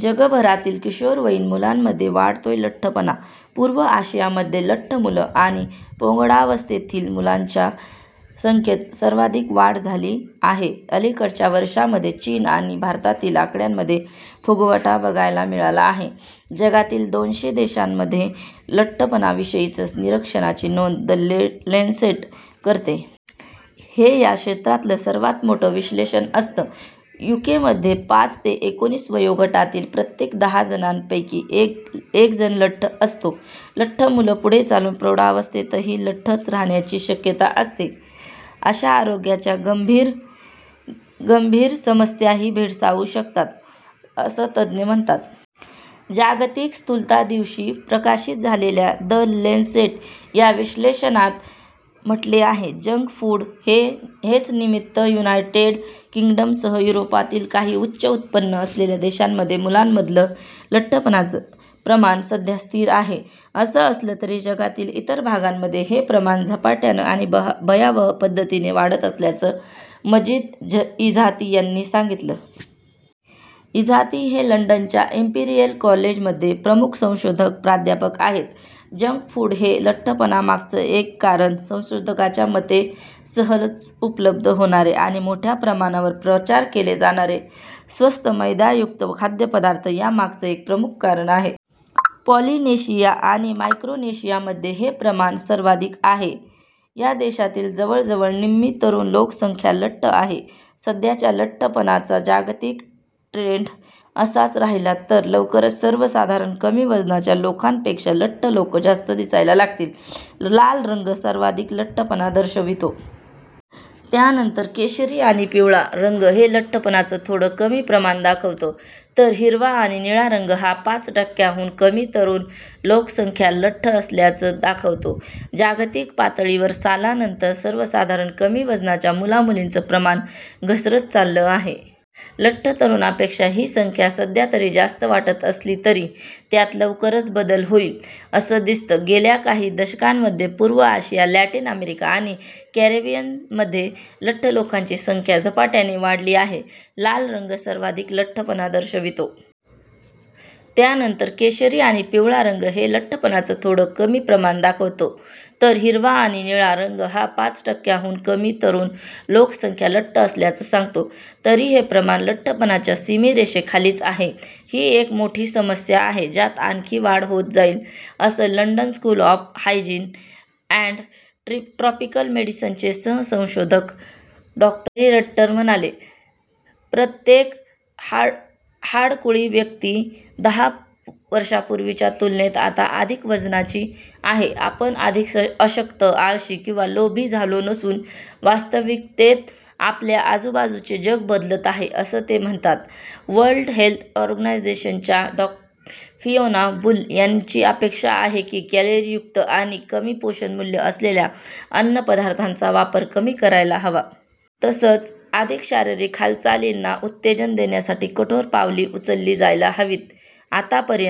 जगभरातील किशोरवयीन मुलांमध्ये वाढतोय लठ्ठपणा पूर्व आशियामध्ये लठ्ठ मुलं आणि पौगंडावस्थेतील मुलांच्या संख्येत सर्वाधिक वाढ झाली आहे. अलिकडच्या वर्षांमध्ये चीन आणि भारतातील आकड्यांमध्ये फुगवटा बघायला मिळाला आहे. जगातील दोनशे देशांमध्ये लठ्ठपणाविषयीचं निरक्षणाची नोंद 'द लॅन्सेट' करते. हे या क्षेत्रातलं सर्वांत मोठं विश्लेषण असतं. यूकेमध्ये पाच ते एकोणीस वयोगटातील प्रत्येक दहा जणांपैकी एकजण लठ्ठ असतो. लठ्ठ मुलं पुढे चालून प्रौढावस्थेतही लठ्ठच राहण्याची शक्यता असते. अशांना आरोग्याच्या गंभीर समस्याही भेडसावू शकतात, असं तज्ज्ञ म्हणतात. जागतिक स्थूलता दिवशी प्रकाशीत झालेल्या 'द लॅन्सेट'च्या विश्लेषणात म्हटले आहे. जंकफूड हेच निमित्त युनायटेड किंगडमसह युरोपातील काही उच्च उत्पन्न असलेल्या देशांमध्ये मुलांमधलं लठ्ठपणाचं प्रमाण सध्या स्थिर आहे. असं असलं तरी जगातील इतर भागांमध्ये हे प्रमाण झपाट्यानं आणि भयावह पद्धतीनं वाढत असल्याचं माजिद इझाती यांनी सांगितलं. इझाती हे लंडनच्या इंपिरियल कॉलेजमध्ये प्रमुख संशोधक प्राध्यापक आहेत. जंक फूड हे लठ्ठपणा मागचं एक कारण संशोधकांच्या मते सहज उपलब्ध होणारे आणि मोठ्या प्रमाणावर प्रचार केले जाणारे स्वस्त मैदायुक्त खाद्यपदार्थ यामागचं एक प्रमुख कारण आहे. पॉलिनेशिया आणि मायक्रोनेशियामध्ये हे प्रमाण सर्वाधिक आहे. या देशांतील जवळजवळ निम्मी तरुण लोकसंख्या लठ्ठ आहे. सध्याचा लठ्ठपणाचा जागतिक ट्रेंड असाच राहिला तर लवकरच सर्वसाधारण कमी वजनाच्या लोकांपेक्षा लठ्ठ लोकं जास्त दिसायला लागतील. लाल रंग सर्वाधिक लठ्ठपणा दर्शवितो. त्यानंतर केशरी आणि पिवळा रंग हे लठ्ठपणाचं थोडं कमी प्रमाण दाखवतो. तर हिरवा आणि निळा रंग हा पाच टक्क्यांहून कमी तरुण लोकसंख्या लठ्ठ असल्याचं सांगतो. जागतिक पातळीवर सालानंतर सर्वसाधारण कमी वजनाच्या मुलामुलींचं प्रमाण घसरत चाललं आहे. लठ्ठ तरुणांपेक्षा ही संख्या सध्यातरी जास्त वाटत असली तरी त्यात लवकरच बदल होईल असं दिसतं. गेल्या काही दशकांमध्ये पूर्व आशिया, लॅटिन अमेरिका आणि कॅरेबियनमध्ये लठ्ठ लोकांची संख्या झपाट्याने वाढली आहे. लाल रंग सर्वाधिक लठ्ठपणा दर्शवितो. त्यानंतर केशरी आणि पिवळा रंग हे लठ्ठपणाचं थोडं कमी प्रमाण दाखवतो. तर हिरवा आणि निळा रंग हा पाच टक्क्यांहून कमी तरुण लोकसंख्या लठ्ठ असल्याचं सांगतो. तरी हे प्रमाण लठ्ठपणाच्या सीमारेषेखालीच आहे. ही एक मोठी समस्या आहे ज्यात आणखी वाढ होत जाईल असं London School of Hygiene and Tropical मेडिसिनचे सहसंशोधक डॉ. हॅरी रट्टर म्हणाले. प्रत्येक हाडकुळी व्यक्ती दहा वर्षांपूर्वीच्या तुलनेत आता अधिक वजनाची आहे. आपण अधिक अशक्त, आळशी किंवा लोभी झालो नसून वास्तविकतेत आपल्या आजूबाजूचे जग बदलत आहे असं ते म्हणतात. वर्ल्ड हेल्थ ऑर्गनायझेशन च्या डॉ फियोना बुल यांची अपेक्षा आहे की कॅलरीयुक्त आणि कमी पोषणमूल्य असलेल्या अन्नपदार्थांचा वापर कमी करायला हवा. तसंच अधिक शारीरिक हालचालींना उत्तेजन देण्यासाठी कठोर पावले उचलली जायला हवीत. आतापर्यंत